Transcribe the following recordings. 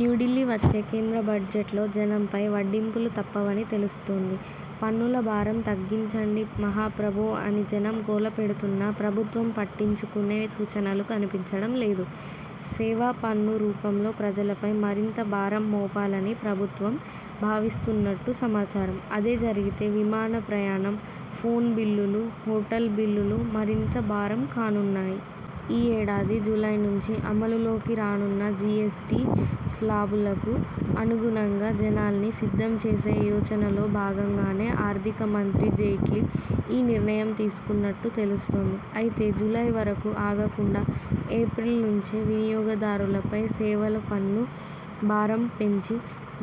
న్యూఢిల్లీ వచ్చే కేంద్ర బడ్జెట్లో జనంపై వడ్డింపులు తప్పవని తెలుస్తోంది. పన్నుల భారం తగ్గించండి మహాప్రభో అని జనం గోల పెడుతున్నా ప్రభుత్వం పట్టించుకునే సూచనలు కనిపించడం లేదు. సేవా పన్ను రూపంలో ప్రజలపై మరింత భారం మోపాలని ప్రభుత్వం భావిస్తున్నట్టు సమాచారం. అదే జరిగితే విమాన ప్రయాణం, ఫోన్ బిల్లులు, హోటల్ బిల్లులు మరింత భారం కానున్నాయి. ఈ ఏడాది జూలై నుంచి అమలులోకి రానున్న జి ఎస్ టి శ్లాబులకు అనుగుణంగా జనాల్ని సిద్ధం చేసే యోచనలో భాగంగానే ఆర్థిక మంత్రి జైట్లీ ఈ నిర్ణయం తీసుకున్నట్టు తెలుస్తోంది. అయితే జూలై వరకు ఆగకుండా ఏప్రిల్ నుంచే వినియోగదారులపై సేవల పన్ను భారం పెంచి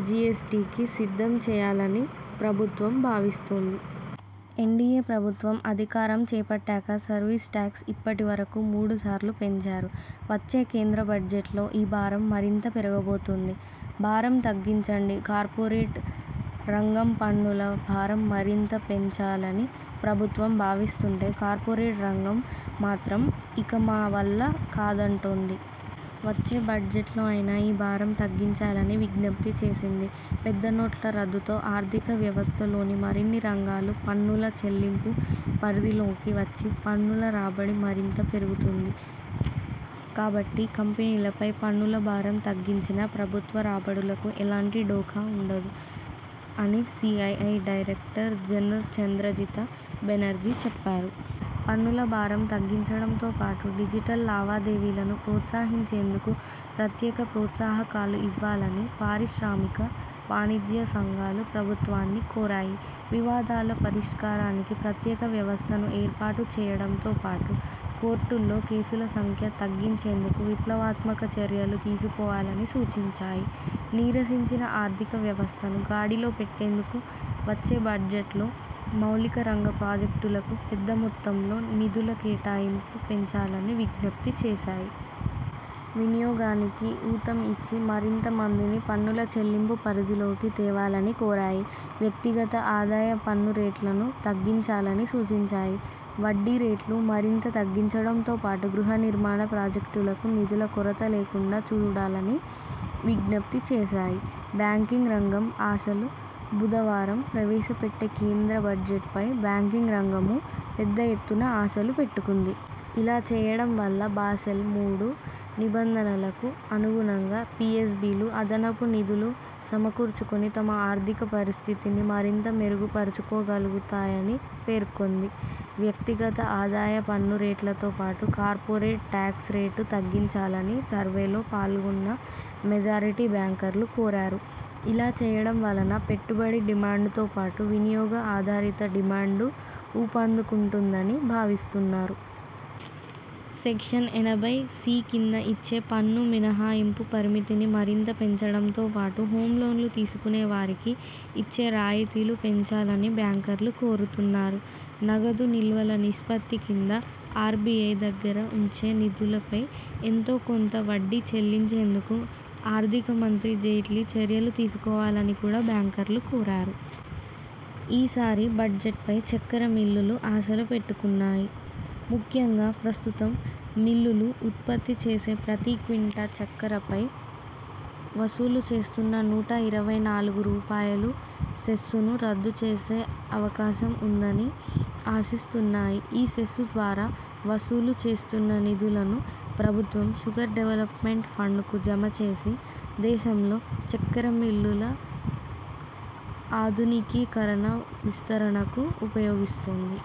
జి ఎస్ టి కి సిద్ధం చేయాలని ప్రభుత్వం భావిస్తోంది. ఎన్డిఎ ప్రభుత్వం అధికారం చేపట్టాక సర్వీస్ టాక్స్ ఇప్పటి వరకు మూడుసార్లు పెంచారు. వచ్చే కేంద్ర బడ్జెట్లో ఈ భారం మరింత పెరగబోతోంది. భారం తగ్గించండి కార్పొరేట్ రంగంపన్నుల భారం మరింత పెంచాలని ప్రభుత్వం భావిస్తుంటే కార్పొరేట్ రంగం మాత్రం ఇక మా వల్ల కాదంటోంది. వచ్చే బడ్జెట్లో అయినా ఈ భారం తగ్గించాలని విజ్ఞపి చేసింది. 'పెద్ద నోట్ల రద్దుతో ఆర్థిక వ్యవస్థలోని మరిన్ని రంగాలు పన్నుల చెల్లింపు పరిధిలోకి వచ్చి, పన్నుల రాబడి మరింత పెరుగుతుంది. కాబట్టి కంపెనీలపై పన్నుల భారం తగ్గించినా ప్రభుత్వ రాబడులకు ఎలాంటి ఢోకా ఉండదు' అని CII director general Chandrajit Banerjee చెప్పారు. పన్నుల భారం తగ్గించడంతో పాటు డిజిటల్ లావాదేవీలను ప్రోత్సహించేందుకు ప్రత్యేక ప్రోత్సాహకాలు ఇవ్వాలని పారిశ్రామిక, వాణిజ్య సంఘాలు ప్రభుత్వాన్ని కోరాయి. వివాదాల పరిష్కారానికి ప్రత్యేక వ్యవస్థను ఏర్పాటు చేయడంతో పాటు కోర్టుల్లో కేసుల సంఖ్య తగ్గించేందుకు విప్లవాత్మక చర్యలు తీసుకోవాలని సూచించాయి. నీరసించిన ఆర్థిక వ్యవస్థను గాడిలో పెట్టేందుకు వచ్చే బడ్జెట్లో మౌలిక రంగ ప్రాజెక్టులకు పెద్ద మొత్తంలో నిధుల కేటాయింపు పెంచాలని విజ్ఞప్తి చేశాయి. వినియోగానికి ఊతం ఇచ్చి, మరింత మందిని పన్నుల చెల్లింపు పరిధిలోకి తేవాలని కోరాయి. వ్యక్తిగత ఆదాయ పన్ను రేట్లనూ తగ్గించాలని సూచించాయి. వడ్డీ రేట్లు మరింత తగ్గించడంతో పాటు గృహ నిర్మాణ ప్రాజెక్టులకు నిధుల కొరత లేకుండా చూడాలని విజ్ఞప్తి చేశాయి. బ్యాంకింగ్ రంగం ఆశలు బుధవారం ప్రవేశపెట్టే కేంద్ర బడ్జెట్పై బ్యాంకింగ్ రంగమూ పెద్ద ఎత్తున ఆశలు పెట్టుకుంది. ఇలా చేయడం వల్ల బాసెల్ మూడు నిబంధనలకు అనుగుణంగా పిఎస్ బిలు అదనపు నిధులు సమకూర్చుకుని తమ ఆర్థిక పరిస్థితిని మరింత మెరుగుపరుచుకోగలుగుతాయని పేర్కొంది. వ్యక్తిగత ఆదాయ పన్ను రేట్లతోపాటు కార్పొరేట్ టాక్స్ రేటూ తగ్గించాలని సర్వేలో పాల్గొన్న మెజారిటీ బ్యాంకర్లు కోరారు. ఇలా చేయడం వలన పెట్టుబడి డిమాండ్తో పాటు, వినియోగ ఆధారిత డిమాండూ ఊపందుకుంటుందని భావిస్తున్నారు. సెక్షన్ ఎనభై సి కింద ఇచ్చే పన్ను మినహాయింపు పరిమితిని మరింత పెంచడంతోపాటు, హోమ్ లోన్లు తీసుకునే వారికి ఇచ్చే రాయితీలు పెంచాలని బ్యాంకర్లు కోరుతున్నారు. నగదు నిల్వల నిష్పత్తి కింద ఆర్బిఐ దగ్గర ఉంచే నిధులపై ఎంతో కొంత వడ్డీ చెల్లించేందుకు ఆర్థిక మంత్రి జైట్లీ చర్యలు తీసుకోవాలని కూడా బ్యాంకర్లు కోరారు. ఈసారి బడ్జెట్పై చక్కెర మిల్లులూ ఆశలు పెట్టుకున్నాయి. ముఖ్యంగా ప్రస్తుతం మిల్లులు ఉత్పత్తి చేసే ప్రతి క్వింటా చక్కెరపై వసూలు చేస్తున్న నూట ఇరవై నాలుగు రూపాయలు సెస్సును రద్దు చేసే అవకాశం ఉందని ఆశిస్తున్నాయి. ఈ సెస్సు ద్వారా వసూలు చేస్తున్న నిధులను ప్రభుత్వం షుగర్ డెవల్పమెంట్ ఫండ్కు జమ చేసి దేశంలో చక్కెర మిల్లుల ఆధునికీకరణ, విస్తరణకు ఉపయోగిస్తోంది.